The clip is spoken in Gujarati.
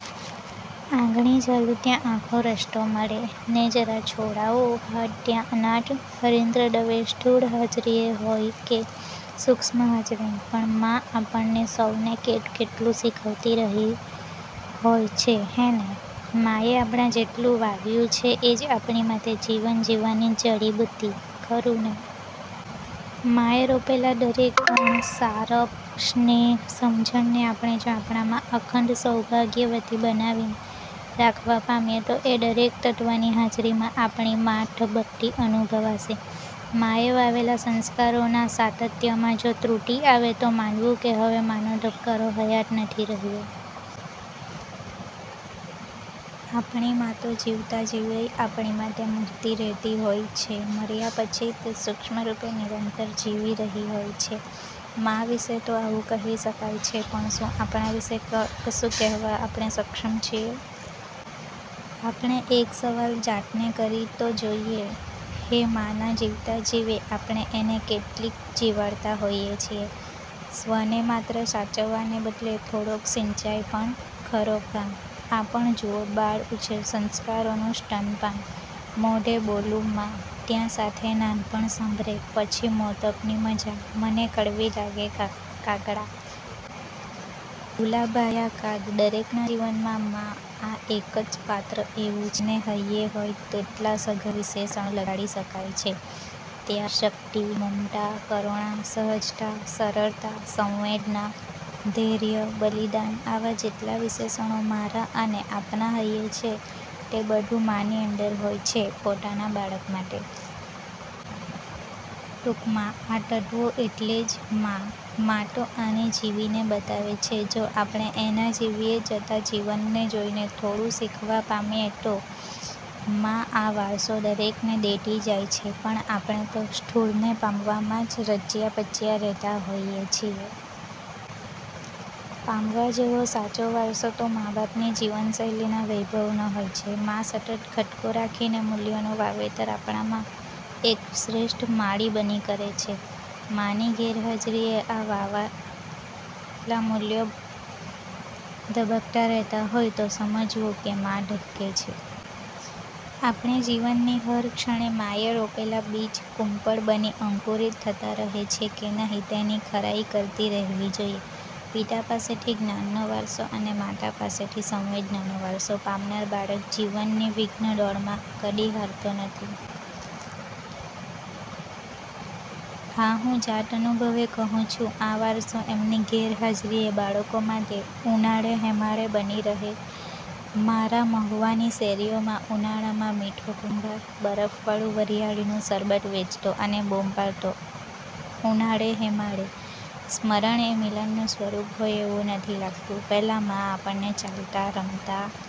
આંગળી ઝાલું ત્યાં આખો રસ્તો મળે, ને.. જરા છોડાવું હાથ ત્યાં અનાથ હરીન્દ્ર દવે સ્થૂળ હાજરીએ હોય કે સૂક્ષ્મ હાજરીએ પણ 'મા' આપણને સૌને કેટકેટલું શીખવતી રહેતી હોય છે હેં ને? મા એ આપણામાં જેટલું વાવ્યું છે એ જ આપણી માટે જીવન જીવવાની જડીબુટ્ટી, ખરું ને! મા એ રોપેલા દરેક ગુણ, સારપ, સ્નેહ, સમજણને આપણે જો આપણામાં અખંડ સૌભાગ્યવતી બનાવીને રાખવા પામીએ તો એ દરેક તત્ત્વની હાજરીમાં આપણી ' મા' ધબકતી અનુભવાશે. માએ વાવેલા સંસ્કારોનાં સાતત્યમાં જો ત્રુટી આવે તો માનવું કે હવે માનો ધબકારો હયાત નથી રહ્યો. આપણી મા તો જીવતાં જીવેય આપણી માટે મરતી રે'તી હોય છે. મર્યા પછીય તે સૂક્ષ્મરૂપે નિરંતર જીવી રહી હોય છે. મા વિષે તો આવું કહી શકાય છે પણ શું આપણા વિષે કશું કહેવા આપણે સક્ષમ છીએ? આપણે એક સવાલ જાતને કરી તો જોઈએ. હેં! માના જીવતાં જીવે આપણે એને કેટલીક જીવાડતાં હોઈએ છીએ? સ્વને માત્ર સાચવવાને બદલે થોડોક સિંચાય પણ ખરો કાં! આ પણ જુઓ: બાળ ઉછેર: સંસ્કારોનું સ્તનપાન મોઢે બોલું મા, ત્યાં સાથે નાનપણ સાંભરે, પછી મોટપની મજા, મને કડવી લાગે કાગડા! દુલા ભાયા કાગ દરેકનાં જીવનમાં 'મા'આ એક જ પાત્ર એવું છે જેને હૈયે હોય તેટલા સઘળાં વિશેષણો લગાડી શકાય છે. ત્યાગ, શક્તિ, મમતા, કરુણા, સહજતા, સરળતા, સંવેદના, ધૈર્ય, બલિદાન આવાં જેટલાં વિશેષણો મારા અને આપના હૈયે છે તે બધું માની અંદર હોય છે પોતાના બાળક માટે. ટૂંકમાં આ તત્ત્વો એટલે જ 'મા'. મા તો આને જીવીને બતાવે છે જો આપણે એનાં જીવ્યે જતાં જીવનને જોઈને થોડું શીખવા પામીએ તો! મા આ વારસો દરેકને દેતી જાય છે પણ આપણે તો સ્થૂળને પામવામાં જ રચ્યા-પચ્યા રે'તા હોઈએ છીએ. પામવા જેવો સાચો વારસો તો મા-બાપની જીવનશૈલીનાં વૈભવનો હોય છે. મા સતત ખટકો રાખીને મૂલ્યોનું વાવેતર આપણામાં એક શ્રેષ્ઠ માળી બની કરે છે. માની ગેરહાજરીએ આ વવાયેલા મૂલ્યો ધબકતા રે'તા હોય તો સમજવું કે મા ધબકે છે. આપણે જીવનની હર ક્ષણે માએ રોપેલા બીજ કુંપળ બની અંકુરિત થતા રહે છે કે નહી તેની ખરાઈ કરતી રહેવી જોઈએ. પિતા પાસેથી જ્ઞાનનો વારસો અને માતા પાસેથી સંવેદનાનો વારસો પામનાર બાળક જીવનની વિઘ્નદોડમાં કદી હારતો નથી. આ હું જાત અનુભવે કહું છું. આ વારસો એમની ગેરહાજરીએ બાળકો માટે 'ઉનાળે હેમાળો' બની રહે. મારા મહુવાની શેરીઓમાં ઉનાળામાં 'મીઠો કુંભાર' બરફવાળું વરિયાળીનું શરબત વેચતો અને બૂમ પાડતો..ઉનાળે હેમાળો.. સ્મરણ એ મિલનનું સ્વરૂપ હોય એવું નથી લાગતું? પહેલા મા આપણને ચાલતા, રમતા,